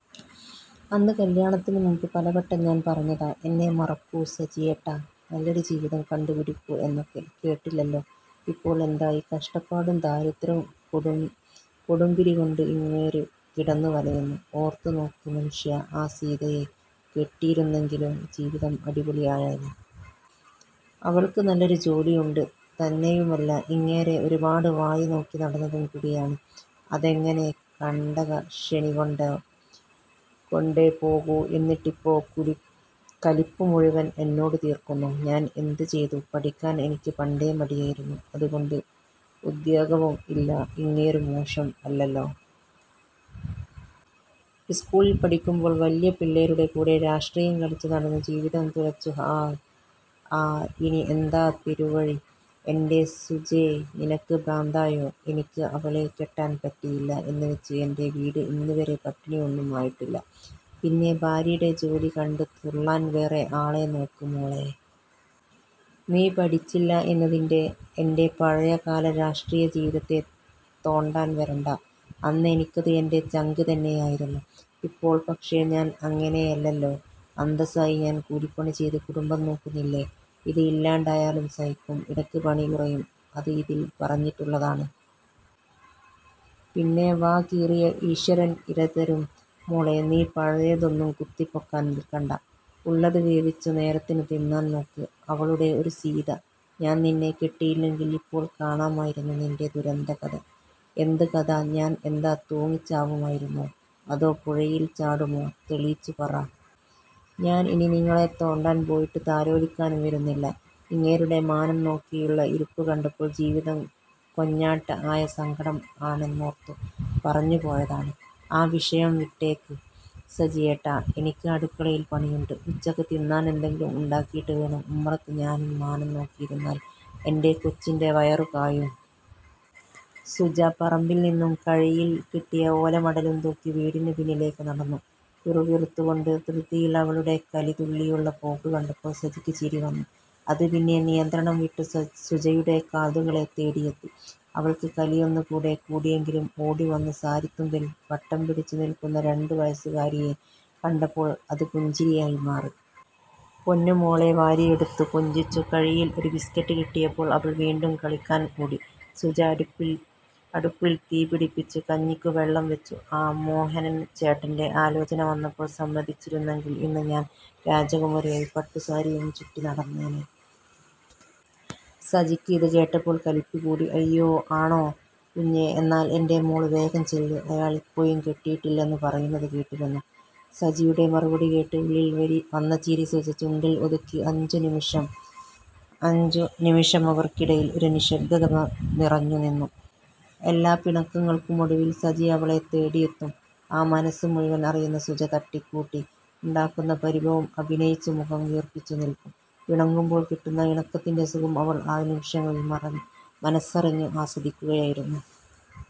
അന്ന് കല്യാണത്തിന് മുൻപ് പലവട്ടം ഞാൻ പറഞ്ഞതാ എന്നെ മറക്കു സജിയേട്ടാ, നല്ലൊരു ജീവിതം കണ്ടു പിടിക്കൂ എന്നൊക്കെ, കേട്ടില്ലല്ലോ. ഇപ്പോൾ എന്തായി കഷ്ടപ്പാടും ദാരിദ്ര്യോം കൊടുംപിരി കൊണ്ട് ഇങ്ങേര് കിടന്നു വലയുന്നു. ഓർത്തു നോക്ക്, മനുഷ്യാ, ആ സീതയെ കെട്ടിയിരുന്നെങ്കിലോ ജീവിതം അടിപൊളി ആയേനെ. അവൾക്ക് നല്ലൊരു ജോലി ഉണ്ട് തന്നെയുമല്ല ഇങ്ങേരെ ഒരുപാട് വായ് നോക്കി നടന്നതും കൂടിയാണ്. അതെങ്ങനെ കണ്ടക ശനി കൊണ്ടേ പോകൂ. എന്നിട്ടിപ്പോ കലിപ്പ് മുഴുവൻ എന്നോട് തീർക്കുന്നു. ഞാൻ എന്ത് ചെയ്തു പഠിക്കാൻ എനിക്ക് പണ്ടേ മടിയായിരുന്നു. അത് കൊണ്ട് ഉദ്യോഗവും ഇല്ല. ഇങ്ങേരും മോശം അല്ലല്ലോ. സ്കൂളിൽ പഠിക്കുമ്പോൾ വല്ല്യ പിള്ളേരുടെ കൂടെ രാഷ്ട്രീയം കളിച്ചു നടന്നു ജീവിതം തുലച്ചു ആഹ്. ഇനി എന്താ പെരുവഴി. എന്റെ സുജേ, നിനക്ക് ഭ്രാന്തായോ, എനിക്ക് അവളെ കെട്ടാൻ പറ്റിയില്ല എന്ന് വച്ചു എന്റെ വീട് ഇന്ന് വരെ പട്ടിണി ഒന്നും ആയിട്ടില്ല. പിന്നെ ഭാര്യേടെ ജോലി കണ്ടു തുള്ളാൻ വേറെ ആളെ നോക്ക് മോളെ. നീ പഠിച്ചില്ല എന്നതിന് എന്റെ പഴയ കാല രാഷ്ട്രീയ ജീവിതത്തെ തോണ്ടാൻ വരണ്ട. അന്ന് എനിക്കത് എന്റെ ചങ്ക്തന്നെയായിരുന്നു. ഇപ്പോൾ പക്ഷേ ഞാൻ അങ്ങനെയല്ലല്ലോ. അന്തസ്സായി ഞാൻ കൂലി പണി ചെയ്തു കുടുംബം നോക്കുന്നില്ലേ. അത് ഇല്ലാണ്ടായാലും സഹിക്കും. ഇടക്ക് പണി കുറയും. അത് ഇതിൽ പറഞ്ഞിട്ടുള്ളതാണ്. പിന്നെ വാ കീറിയ ഈശ്വരൻ ഇര തരും മോളെ. നീ പഴയതൊന്നും കുത്തി പൊക്കാൻ നിൽക്കണ്ട. ഉള്ളത് വേവിച്ചു നേരത്തിനു തിന്നാൻ നോക്ക്. അവളുടെ ഒരു സീത, ഞാൻ നിന്നെ കെട്ടിയില്ലെങ്കിൽ ഇപ്പോൾ കാണാമായിരുന്നു നിന്റെ ദുരന്ത കഥ. എന്ത് കഥ, ഞാൻ എന്താ തൂങ്ങി ചാവുമായിരുന്നോ അതോ പുഴയിൽ ചാടുമോ, തെളിച്ചു പറ. ഞാൻ ഇനി നിങ്ങളെ തോണ്ടാൻ പോയിട്ട് താലോലിക്കാനും വരുന്നില്ല, ഇങ്ങേരുടെ മാനം നോക്കിയുള്ള ഇരിപ്പ് കണ്ടപ്പോൾ ജീവിതം കോഞ്ഞാട്ട ആയ സങ്കടം ആണെന്നോർത്തു പറഞ്ഞു പോയതാണ്. ആ വിഷയം വിട്ടേക്ക് സജിയേട്ടാ. എനിക്ക് അടുക്കളയിൽ പണിയുണ്ട്. ഉച്ചക്ക് തിന്നാൻ എന്തെങ്കിലും ഉണ്ടാക്കിയിട്ട് വേണം. ഉമ്മറത്ത് ഞാനും മാനം നോക്കിയിരുന്നാൽ എന്റെ കൊച്ചിന്റെ വയറു കായും. സുജ പറമ്പിൽ നിന്നും കൈയിൽ കിട്ടിയ ഓല മടലും തൂക്കി വീടിനു പിന്നിലേക്ക് നടന്നു. പിറുപിറുത്തു കൊണ്ട് ധൃതിയിൽ അവളുടെ കലി തുള്ളിയുള്ള പോക്ക് കണ്ടപ്പോൾ സജിക്ക് ചിരി വന്നു. അത് പിന്നെ നിയന്ത്രണം വിട്ടു സുജയുടെ കാതുകളെ തേടിയെത്തി. അവൾക്ക് കലി ഒന്ന് കൂടെ കൂടിയെങ്കിലും ഓടി വന്ന് സാരിത്തുമ്പിൽ വട്ടം പിടിച്ചു നിൽക്കുന്ന രണ്ടു വയസുകാരിയെ കണ്ടപ്പോൾ അത് പുഞ്ചിരിയായി മാറി. പൊന്നു മോളെ വാരിയെടുത്തു കൊഞ്ചിച്ചു. കൈയിൽ ഒരു ബിസ്കറ്റ് കിട്ടിയപ്പോൾ അവൾ വീണ്ടും കളിക്കാൻ ഓടി. സുജ അടുപ്പിൽ തീ പിടിപ്പിച്ചു കഞ്ഞിക്കു വെള്ളം വച്ചു .ആ മോഹനൻ ചേട്ടന്റെ ആലോചന വന്നപ്പോൾ സമ്മതിച്ചിരുന്നെങ്കിൽ ഇന്ന് ഞാൻ രാജകുമാരി ആയി പട്ടു സാരിയും ചുറ്റി നടന്നേനെ. സജിക്ക് ഇത് കേട്ടപ്പോൾ കലിപ്പ് കൂടി. അയ്യോ, ആണൊ കുഞ്ഞേ, എന്നാൽ എന്റെ മോള് വേഗം ചെല്ല്, അയാൾ ഇപ്പോഴും കെട്ടിയിട്ടില്ലെന്നു പറയുന്നത് കേട്ടാരുന്നു. സജിയുടെ മറുപടി കേട്ട് ഉള്ളിൽ വന്ന ചിരി സുജ ചുണ്ടിൽ ഒതുക്കി. അഞ്ചു നിമിഷം അവർക്കിടയിൽ ഒരു നിശബ്ദത നിറഞ്ഞു നിന്നു. എല്ലാ പിണക്കങ്ങൾക്കും ഒടുവിൽ സജി അവളെ തേടിയെത്തും. ആ മനസ് മുഴുവൻ അറിയുന്ന സുജ തട്ടിക്കൂട്ടി ഉണ്ടാക്കുന്ന പരിഭവം അഭിനയിച്ചു മുഖം വീർപ്പിച്ചു നിൽക്കും. പിണങ്ങുമ്പോൾ കിട്ടുന്ന ഇണക്കത്തിന്റെ സുഖം അവൾ ആ നിമിഷങ്ങളിൽ മനസ്സറിഞ്ഞു ആസ്വദിക്കുകയായിരുന്നു.